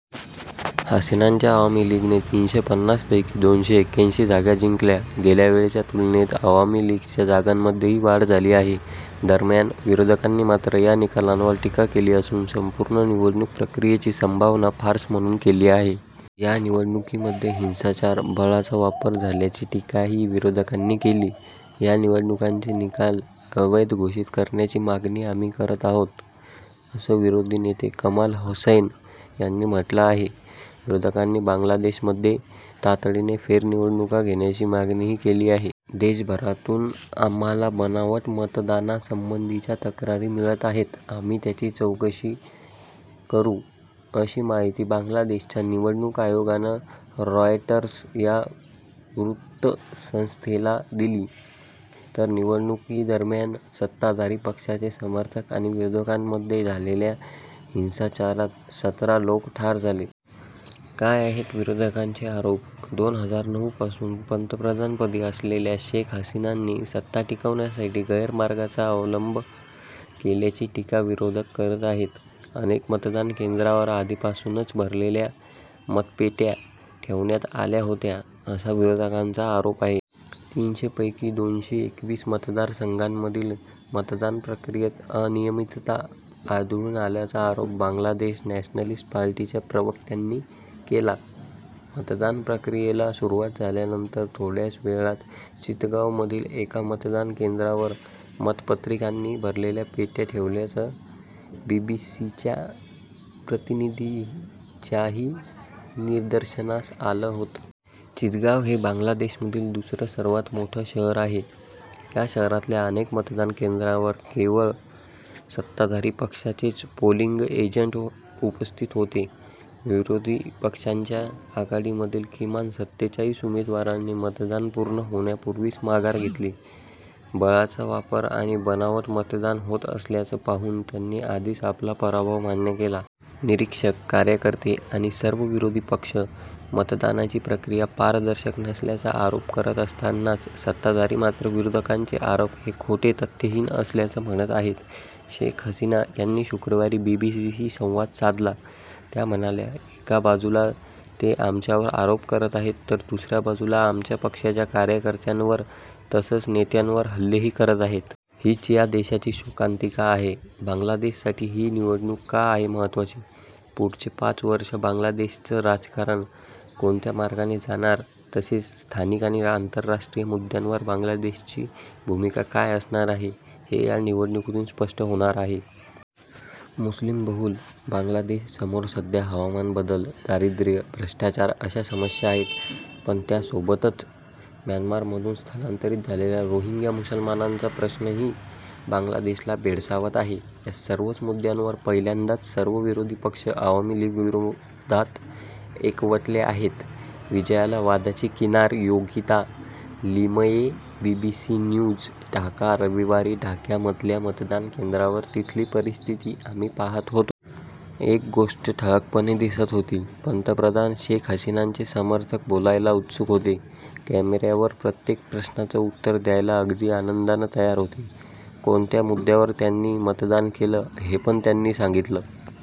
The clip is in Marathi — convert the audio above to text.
हसीनांच्या अवामी लीगने तीनशे पन्नास पैकी दोनशे एक्याऐंशी जागा जिंकल्या. गेल्यावेळेच्या तुलनेत अवामी लीगच्या जागांमध्येही वाढ झाली आहे. दरम्यान, विरोधकांनी मात्र या निकालांवर टीका केली असून संपूर्ण निवडणूक प्रक्रियेची संभावना 'फार्स' म्हणून केली आहे. या निवडणुकीमध्ये हिंसाचार, बळाचा वापर झाल्याची टीकाही विरोधकांनी केली. या निवडणुकांचे निकाल अवैध घोषित करण्याची मागणी आम्ही करत आहोत, असं विरोधी नेते कमाल होसैन यांनी म्हटलं आहे. विरोधकांनी बांगलादेशमध्ये तातडीने फेरनिवडणुका घेण्याची मागणीही केली आहे. देशभरातून आम्हाला बनावट मतदानासंबंधीच्या तक्रारी मिळत आहेत. आम्ही त्याची चौकशी करू अशी माहिती बांगलादेशच्या निवडणूक आयोगानं रॉयटर्स या वृत्तसंस्थेला दिली. तर निवडणुकीदरम्यान सत्ताधारी पक्षाचे समर्थक आणि विरोधकांमध्ये झालेल्या हिंसाचारात सतरा लोक ठार झाले. काय आहेत विरोधकांचे आरोप? दोन हजार नऊ पासून पंतप्रधानपदी असलेल्या शेख हसीनांनी सत्ता टिकवण्यासाठी गैरमार्गाचा अवलंब केल्याची टीका विरोधक करत आहेत. अनेक मतदान केंद्रांवर आधीपासूनच भरलेल्या मतपेट्या ठेवण्यात आल्या होत्या, असा विरोधकांचा आरोप आहे. तीनशे पैकी दोनशे एकवीस मतदारसंघांमधील मतदान प्रक्रियेत अनियमितता आढळून आल्याचा आरोप बांगलादेश नॅशनलिस्ट पार्टीच्या प्रवक्त्यांनी केला. मतदान प्रक्रियेला सुरुवात झाल्यानंतर थोड्याच वेळात चितगावमधीलल एका मतदान केंद्रावर मतपत्रिकांनी भरलेल्या पेट्या ठेवल्याचं बीबीसीच्या प्रतिनिधीच्याही निदर्शनास आलं होतं. चितगाव हे बांगलादेशमधील दुसरं सर्वांत मोठं शहर आहे. या शहरातल्या अनेक मतदान केंद्रांवर केवळ सत्ताधारी पक्षाचेच 'पोलिंग एजंट' उपस्थित होते. विरोधी पक्षांच्या आघाडीमधील किमान सतेचाळीस उमेदवारांनी मतदान पूर्ण होण्यापूर्वीच माघार घेतली. बळाचा वापर आणि बनावट मतदान होत असल्याचं पाहून त्यांनी आधीच आपला पराभव मान्य केला. निरीक्षक, कार्यकर्ते आणि सर्व विरोधी पक्ष मतदानाची प्रक्रिया पारदर्शक नसल्याचा आरोप करत असतानाच सत्ताधारी मात्र विरोधकांचे आरोप हे खोटे तथ्यहीन असल्याचं म्हणत आहेत. शेख हसीना यांनी शुक्रवारी बीबीसीशी संवाद साधला. त्या म्हणाल्या, एका बाजूला ते आमच्यावर आरोप करत आहेत तर दुसऱ्या बाजूला आमच्या पक्षाच्या कार्यकर्त्यांवर तसंच नेत्यांवर हल्लेही करत आहेत. हीच या देशाची शोकांतिका आहे. बांगलादेशसाठी ही निवडणूक का आहे महत्त्वाची? पुढचे पाच वर्षं बांगलादेशचं राजकारण कोणत्या मार्गाने जाणार तसेच स्थानिक आणि आंतरराष्ट्रीय मुद्द्यांवर बांगलादेशची भूमिका काय असणार आहे, हे या निवडणुकीतून स्पष्ट होणार आहे. मुस्लीमबहुल बांगलादेशसमोर सध्या हवामान बदल, दारिद्र्य, भ्रष्टाचार अशा समस्या आहेत. पण त्यासोबतच म्यानमारमधून स्थलांतरित झालेल्या रोहिंग्या मुसलमानांचा प्रश्नही बांगलादेशला भेडसावत आहे. या सर्वच मुद्द्यांवर पहिल्यांदाच सर्व विरोधी पक्ष अवामी लीगविरोधात एकवटले आहेत. विजयाला वादाची किनार योगिता लिमये बीबीसी न्यूज ढाका रविवारी ढाक्यामधल्या मतदान केंद्रांवर तिथली परिस्थिती आम्ही पाहत होतो. एक गोष्ट ठळकपणे दिसत होती. पंतप्रधान शेख हसीनांचे समर्थक बोलायला उत्सुक होते. कॅमेऱ्यावर प्रत्येक प्रश्नाचं उत्तर द्यायला अगदी आनंदानं तयार होते. कोणत्या मुद्द्यावर त्यांनी मतदान केलं, हे पण त्यांनी सांगितलं.